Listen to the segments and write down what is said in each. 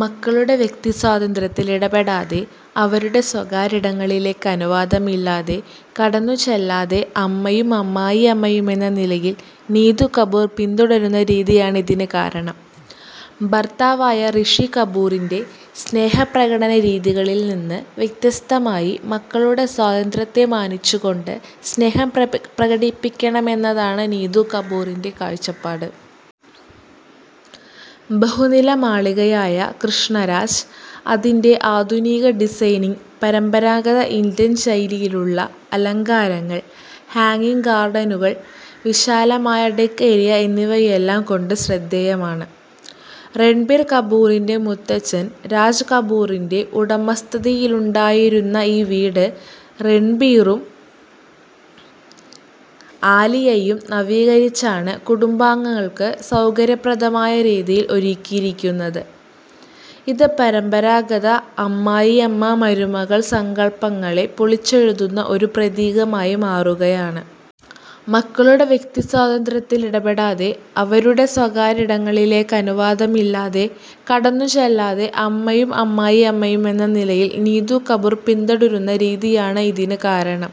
മക്കളുടെ വ്യക്തിസ്വാതന്ത്ര്യത്തിൽ ഇടപെടാതെ, അവരുടെ സ്വകാര്യ ഇടങ്ങളിലേക്ക് അനുവാദമില്ലാതെ കടന്നുചെല്ലാതെ, അമ്മയും അമ്മായിയമ്മയും എന്ന നിലയിൽ നീതു കപൂർ പിന്തുടരുന്ന രീതിയാണ് ഇതിന് കാരണം. ഭർത്താവായ ഋഷി കപൂറിൻ്റെ സ്നേഹപ്രകടന രീതികളിൽ നിന്ന് വ്യത്യസ്തമായി, മക്കളുടെ സ്വാതന്ത്ര്യത്തെ മാനിച്ചുകൊണ്ട് സ്നേഹം പ്രകടി പ്രകടിപ്പിക്കണമെന്നതാണ് നീതു കപൂറിൻ്റെ കാഴ്ചപ്പാട്. ബഹുനില മാളികയായ 'കൃഷ്ണ രാജ്', അതിൻ്റെ ആധുനിക ഡിസൈനിംഗ്, പരമ്പരാഗത ഇന്ത്യൻ ശൈലിയിലുള്ള അലങ്കാരങ്ങൾ, ഹാങ്ങിങ് ഗാർഡനുകൾ, വിശാലമായ ഡെക്ക് ഏരിയ എന്നിവയെല്ലാം കൊണ്ട് ശ്രദ്ധേയമാണ്. രൺബീർ കപൂറിൻ്റെ മുത്തച്ഛൻ രാജ് കപൂറിൻ്റെ ഉടമസ്ഥതയിലുണ്ടായിരുന്ന ഈ വീട്, രൺബീറും ആലിയയും നവീകരിച്ചാണ് കുടുംബാംഗങ്ങൾക്ക് സൗകര്യപ്രദമായ രീതിയിൽ ഒരുക്കിയിരിക്കുന്നത്, ഇത് പരമ്പരാഗത അമ്മായിയമ്മ-മരുമകൾ സങ്കൽപ്പങ്ങളെ പൊളിച്ചെഴുതുന്ന ഒരു പ്രതീകമായി മാറുകയാണ്. മക്കളുടെ വ്യക്തിസ്വാതന്ത്ര്യത്തിൽ ഇടപെടാതെ, അവരുടെ സ്വകാര്യ ഇടങ്ങളിലേക്ക് അനുവാദമില്ലാതെ കടന്നുചെല്ലാതെ, അമ്മയും അമ്മായിയമ്മയും എന്ന നിലയിൽ നീതു കപൂർ പിന്തുടരുന്ന രീതിയാണ് ഇതിന് കാരണം.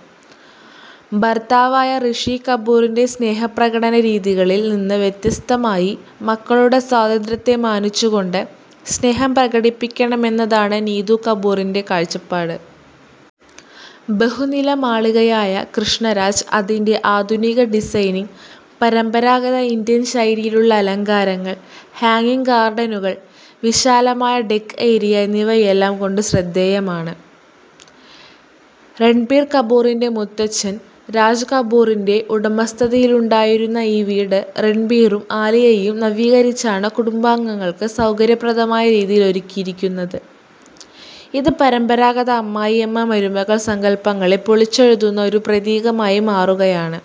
ഭർത്താവായ ഋഷി കപൂറിൻ്റെ സ്നേഹപ്രകടന രീതികളിൽ നിന്ന് വ്യത്യസ്തമായി, മക്കളുടെ സ്വാതന്ത്ര്യത്തെ മാനിച്ചുകൊണ്ട് സ്നേഹം പ്രകടിപ്പിക്കണമെന്നതാണ് നീതു കപൂറിൻ്റെ കാഴ്ചപ്പാട്. ബഹുനില മാളികയായ 'കൃഷ്ണ രാജ്', അതിൻ്റെ ആധുനിക ഡിസൈനിംഗ്, പരമ്പരാഗത ഇന്ത്യൻ ശൈലിയിലുള്ള അലങ്കാരങ്ങൾ, ഹാങ്ങിങ് ഗാർഡനുകൾ, വിശാലമായ ഡെക്ക് ഏരിയ എന്നിവയെല്ലാം കൊണ്ട് ശ്രദ്ധേയമാണ്. രൺബീർ കപൂറിൻ്റെ മുത്തച്ഛൻ രാജ് കപൂറിൻ്റെ ഉടമസ്ഥതയിലുണ്ടായിരുന്ന ഈ വീട്, രൺബീറും ആലിയയും നവീകരിച്ചാണ് കുടുംബാംഗങ്ങൾക്ക് സൗകര്യപ്രദമായ രീതിയിൽ ഒരുക്കിയിരിക്കുന്നത്, ഇത് പരമ്പരാഗത അമ്മായിയമ്മ-മരുമകൾ സങ്കൽപ്പങ്ങളെ പൊളിച്ചെഴുതുന്ന ഒരു പ്രതീകമായി മാറുകയാണ്.